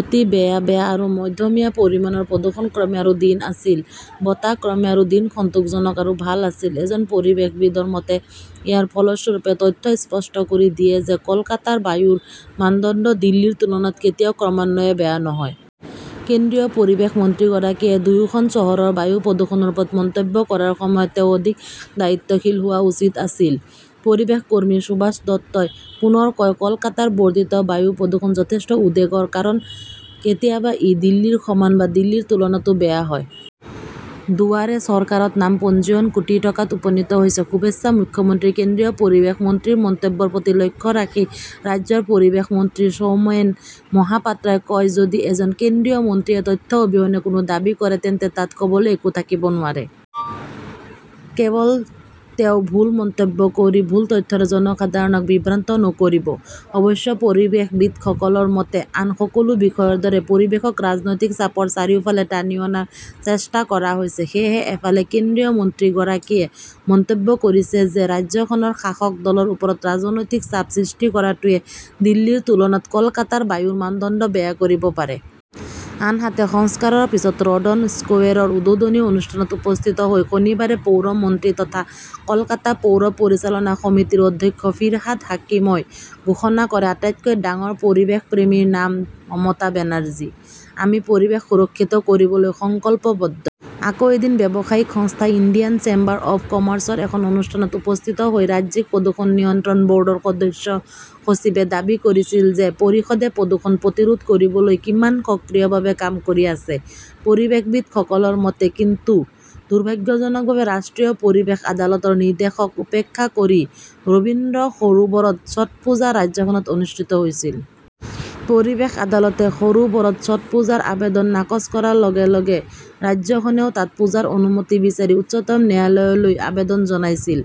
অতি বেয়া-বেয়া আৰু মধ্যমীয়া পৰিমাণৰ প্ৰদূষণ ক্ৰমে আৰু দিন আছিল। বতাহ ক্ৰমে আৰু দিন সন্তোষজনক আৰু ভাল আছিল। এজন পৰিৱেশবিদৰ মতে, ইয়াৰ ফলস্বৰূপে তথ্যই স্পষ্ট কৰি দিয়ে যে কলকাতাৰ বায়ুৰ মানদণ্ড দিল্লীৰ তুলনাত কেতিয়াও ক্ৰমান্বয়ে বেয়া নহয়। কেন্দ্ৰীয় পৰিৱেশ মন্ত্ৰীগৰাকীয়ে দুয়োখন চহৰৰ বায়ু প্ৰদূষণৰ ওপৰত মন্তব্য কৰাৰ সময়ত তেওঁ অধিক দায়িত্বশীল হোৱা উচিত আছিল। পৰিৱেশ কৰ্মী সুভাষ দত্তই পুনৰ কয় কলকাতাৰ বৰ্ধিত বায়ু প্ৰদূষণ যথেষ্ট উদ্বেগৰ কাৰণ। কেতিয়াবা ই দিল্লীৰ সমান বা দিল্লীৰ তুলনাতো বেয়া হয়। দুৱাৰে চৰকাৰত নাম পঞ্জীয়ন কোটি টকাত উপনীত হৈছে, শুভেচ্ছা মুখ্যমন্ত্ৰীৰ কেন্দ্ৰীয় পৰিৱেশ মন্ত্ৰীৰ মন্তব্যৰ প্ৰতি লক্ষ্য ৰাখি ৰাজ্যৰ পৰিৱেশ মন্ত্ৰী সৌমেন মহাপাত্ৰাই কয় যদি এজন কেন্দ্ৰীয় মন্ত্ৰীয়ে তথ্য অবিহনে কোনো দাবী কৰে তেন্তে তাত ক'বলৈ একো থাকিব নোৱাৰে। কেৱল কওঁ ভুল মন্তব্য কৰি ভুল তথ্যৰে জনসাধাৰণক বিভ্ৰান্ত নকৰিব। অৱশ্যে পৰিৱেশবিদসকলৰ মতে, আন সকলো বিষয়ৰ দৰে পৰিৱেশক ৰাজনৈতিক চাপৰ চাৰিওফালে টানি অনাৰ চেষ্টা কৰা হৈছে। সেয়েহে, এফালে কেন্দ্ৰীয় মন্ত্ৰীগৰাকীয়ে মন্তব্য কৰিছে যে ৰাজ্যখনৰ শাসক দলৰ ওপৰত ৰাজনৈতিক চাপ সৃষ্টি কৰাটোৱে দিল্লীৰ তুলনাত কলকাতাৰ বায়ুৰ মানদণ্ড বেয়া কৰিব পাৰে। আনহাতে, সংস্কাৰৰ পিছত ৰডন স্কোৱেৰৰ উদ্বোধনী অনুষ্ঠানত উপস্থিত হৈ শনিবাৰে পৌৰ মন্ত্ৰী তথা কলকাতা পৌৰ পৰিচালনা সমিতিৰ অধ্যক্ষ ফিৰহাদ হাকিমই ঘোষণা কৰে আটাইতকৈ ডাঙৰ পৰিৱেশপ্ৰেমীৰ নাম মমতা বেনাৰ্জী। আমি পৰিৱেশ সুৰক্ষিত কৰিবলৈ সংকল্পবদ্ধ। আকৌ এদিন ব্যৱসায়িক সংস্থা ইণ্ডিয়ান চেম্বাৰ অৱ কমাৰ্চৰ এখন অনুষ্ঠানত উপস্থিত হৈ ৰাজ্যিক প্ৰদূষণ নিয়ন্ত্ৰণ বৰ্ডৰ সদস্য-সচিবে দাবী কৰিছিল যে পৰিষদে প্ৰদূষণ প্ৰতিৰোধ কৰিবলৈ কিমান সক্ৰিয়ভাৱে কাম কৰি আছে। পৰিৱেশবিদসকলৰ মতে, কিন্তু দুৰ্ভাগ্যজনকভাৱে ৰাষ্ট্ৰীয় পৰিৱেশ আদালতৰ নিৰ্দেশক উপেক্ষা কৰি ৰবীন্দ্ৰ সৰোবৰত ছটপুজা ৰাজ্যখনত অনুষ্ঠিত হৈছিল। পৰিৱেশ আদালতে সৰোবৰত ছটপুজাৰ আবেদন নাকচ কৰাৰ লগে -লগে ৰাজ্যখনেও তাত পূজাৰ অনুমতি বিচাৰি উচ্চতম ন্যায়ালয়লৈ আবেদন জনাইছিল।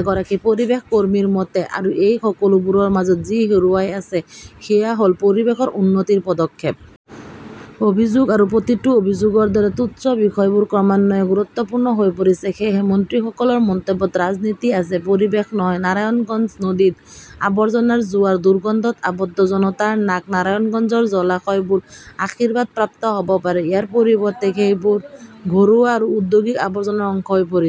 এগৰাকী পৰিৱেশ কৰ্মীৰ মতে, আৰু এই সকলোবোৰৰ মাজত যি হেৰুৱাই আছে সেয়া হ'ল পৰিৱেশৰ উন্নতিৰ পদক্ষেপ। অভিযোগ আৰু প্ৰতিটো অভিযোগৰ দৰে তুচ্ছ বিষয়বোৰ ক্ৰমান্বয়ে গুৰুত্বপূৰ্ণ হৈ পৰিছে। সেয়েহে মন্ত্ৰীসকলৰ মন্তব্যত ৰাজনীতি আছে, পৰিৱেশ নহয়। নাৰায়ণগঞ্জ নদীত আবৰ্জনাৰ জোৱাৰ, দুৰ্গন্ধত আবদ্ধ জনতাৰ নাক নাৰায়ণগঞ্জৰ জলাশয়বোৰ আশীৰ্বাদপ্ৰাপ্ত হ'ব পাৰে। ইয়াৰ পৰিৱৰ্তে সেইবোৰ ঘৰুৱা আৰু ঔদ্যোগিক আৱৰ্জনাৰ অংশ হৈ পৰিছে।